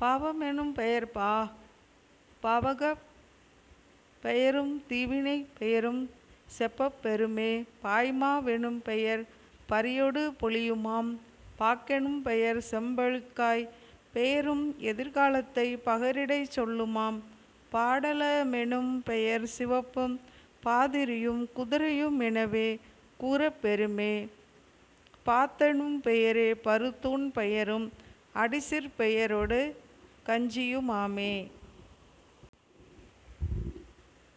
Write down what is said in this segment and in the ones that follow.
பாவ மெனும்பெயர் பாவகப் பெயருந் தீவினைப் பெயரும் செப்பப் பெறுமே..... பாய்மா வெனும்பெயர் பரியொடு புலியுமாம்..... பாக்கெனும் பெயர்செம் பழுக்காய்ப் பெயரும் எதிர்கா லத்தைப் பகரிடைச் சொல்லுமாம்..... பாடல மெனும்பெயர் சிவப்பும் பாதிரியும் குதிரையு மெனவே கூறப் பெறுமே..... பாத்தெனும் பெயரே பருத்தூண் பெயரும் அடிசிற் பெயரொடு கஞ்சியு மாமே.....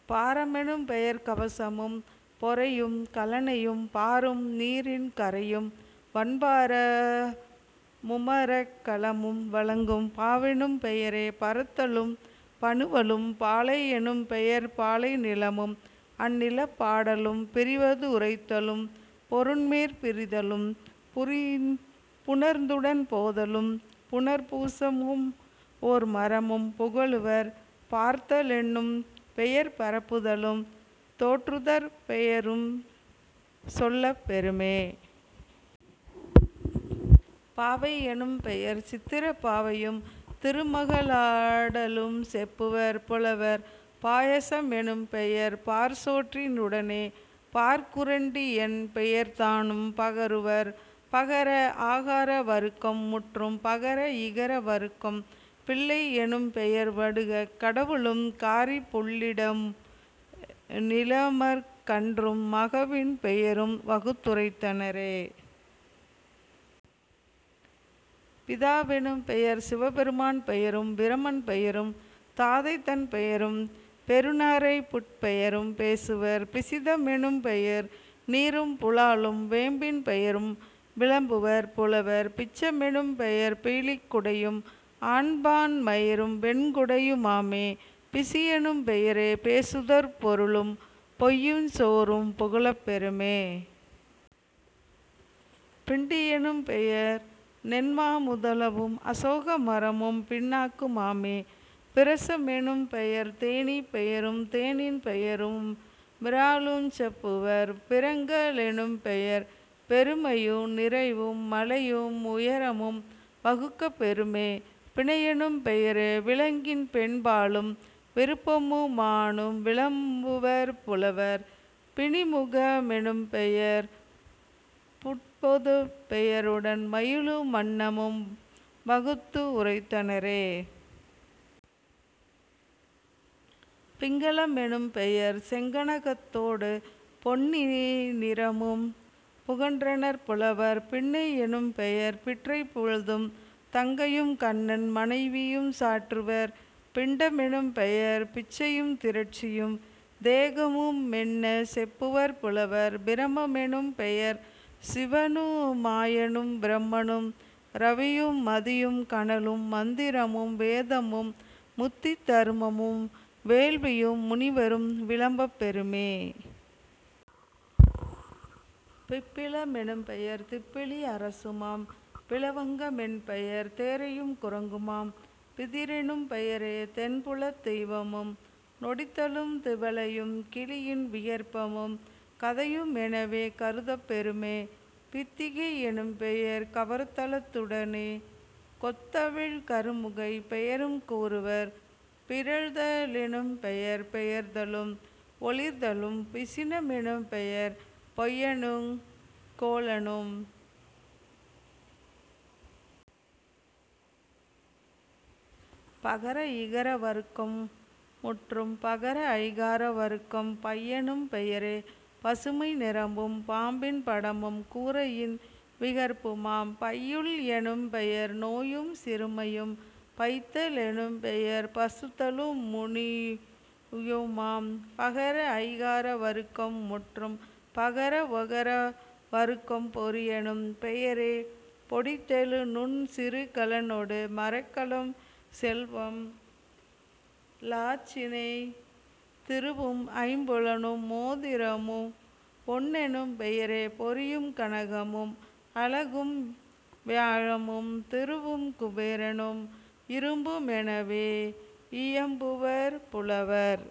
பார மெனும்பெயர் கவசமும் பொறையும் கலனையும் பாரும் நீரின் கரையும் வன்பா ரமுமரக் கலமும் வழங்கும்..... பாவெனும் பெயரே பரத்தலும் பனுவலும்..... பாலை யெனும்பெயர் பாலை நிலமும் அந்நிலப் பாடலும் பிரிவ துரைத்தலும் பொருண்மேற் பிரிதலும் புணர்ந்துடன் போதலும் புனர்பூ சமுமோர் மரமும் புகலுவர்..... பார்த்த லென்னும் பெயர்பரப் புதலும் தோற்றுதற் பெயருஞ் சொல்லப் பெறுமே..... பாவை யெனும்பெயர் சித்திரப் பாவையும் திருமக ளாடலுஞ் செப்புவர் புலவர்..... பாயச மெனும்பெயர் பாற்சோற் றினுடனே பாற்குறண் டியென் பெயர்தானும் பகருவர்..... பகர ஆகார வருக்கம் முற்றும். பகர இகர வருக்கம் பிள்ளை யெனும்பெயர் வடுகக் கடவுளுங் காரிப் புள்ளுட னிளமரக் கன்றும் மகவின் பெயரும் வகுத்துரைத் தனரே..... பிதா வெனும்பெயர் சிவபெருமான் பெயரும் பிரமன் பெயரும் தாதைதன் பெயரும் பெருநா ரைப்புட் பெயரும் பேசுவர்..... பிசித மெனும்பெயர் நீறும் புலாலும் வேம்பின் பெயரும் விளம்புவர் புலவர்..... பிச்ச மெனும்பெயர் பீலிக் குடையும் ஆண்பான் மயிரும் வெண்குடையு மாமே..... பிசியெனும் பெயரே பேசுதற் பொருளும் பொய்யுஞ் சோறும் புகலப் பெறுமே..... பிண்டி யெனும்பெயர் நென்மா முதலவும் அசோக மரமும் பிண்ணாக்கு மாமே..... பிரச மெனும்பெயர் தேனீப் பெயரும் தேனின் பெயரு மிறாலுஞ் செப்புவர்..... பிறங்க லெனும்பெயர் பெருமையு நிறைவும் மலையு முயரமும் வகுக்கப் பெறுமே..... பிணையெனும் பெயரே விலங்கின் பெண்பாலும் விருப்பமு மானும் விளம்புவர் புலவர்..... பிணிமுக மெனும்பெயர் புட்பொதுப் பெயருடன் மயிலு மன்னமும் வகுத்து ரைத்தனரே..... பிங்கல மெனும்பெயர் செங்கன கத்தொடு பொன்னி னிறமும் புகன்றனர் புலவர்..... பின்னை யெனும்பெயர் பிற்றைப் பொழுதும் தங்கையுங் கண்ணன் மனைவியுஞ் சாற்றுவர்..... பிண்ட மெனும்பெயர் பிச்சையுந் திரட்சியும் தேகமு மென்னச் செப்புவர் புலவர்..... பிரம மெனும்பெயர் சிவனு மாயனும் பிரமனும் இரவியு மதியுங் கனலும் மந்திரமும் வேதமும் முத்தித் தருமமும் வேள்வியு முனிவரும் விளம்பப் பெறுமே..... பிப்பில மெனும்பெயர் திப்பிலி அரசுமாம்..... பிலவங்க மென்பெயர் தேரையுங் குரங்குமாம்..... பிதிரெனும் பெயரே தென்புலத் தெய்வமும்। நொடித்தலும் திவலையுங் கிளியின் விகற்பமும் கதையு மெனவே கருதப் பெறுமே..... பித்திகை யெனும்பெயர் கவர்த்த லத்துடனே கொத்தவிழ் கருமுகைப் பெயருங் கூறுவர்..... பிறழ்த லெனும்பெயர் பெயர்தலும் ஒளிர்தலும்..... பிசின மெனும்பெயர் பொய்யனுங் கோளனும்..... பகர இகர வருக்கம் முற்றும். பகர ஐகார வருக்கம் பையெனும் பெயரே பசுமை நிறமும் பாம்பின் படமும் கூறையின் விகற்புமாம்..... பையுள் எனும்பெயர் நோயும் சிறுமையும்..... பைத்த லெனும்பெயர் பசுத்தலு முனிவுமாம்..... பகர ஐகார வருக்கம் முற்றும். பகர ஒகர வருக்கம் பொறியெனும் பெயரே பொடித்தெழு நுண் சிறுகல னோடு மரக்கலம் செல்வம் இலாஞ்சினை திருவும் ஐம்புலனு மோதிரமு பொன்னெனும் பெயரே பொறியுங் கனகமும் அழகும் வியாழமும் திருவுங் குபேரனும் இரும்பு மெனவே யியம்புவர் புலவர்.....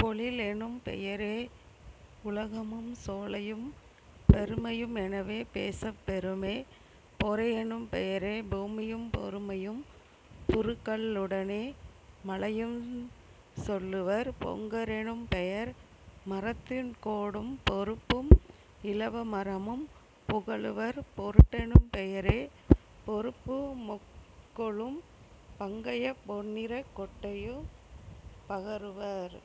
பொழிலெனும் பெயரே யுலகமுஞ் சோலையும் பெருமையு மெனவே பேசப் பெறுமே..... பொறையெனும் பெயரே பூமியும் பொறுமையும் துறுகல் லுடனே மலையுஞ் சொல்லுவர்..... பொங்க ரெனும்பெயர் மரத்தின் கோடும் பொருப்பும் இலவ மரமும் புகலுவர்..... பொருட்டெனும் பெயரே பொருப்பு மொக்குளும் பங்கயப் பொன்னிறக் கொட்டையும் பகருவர்.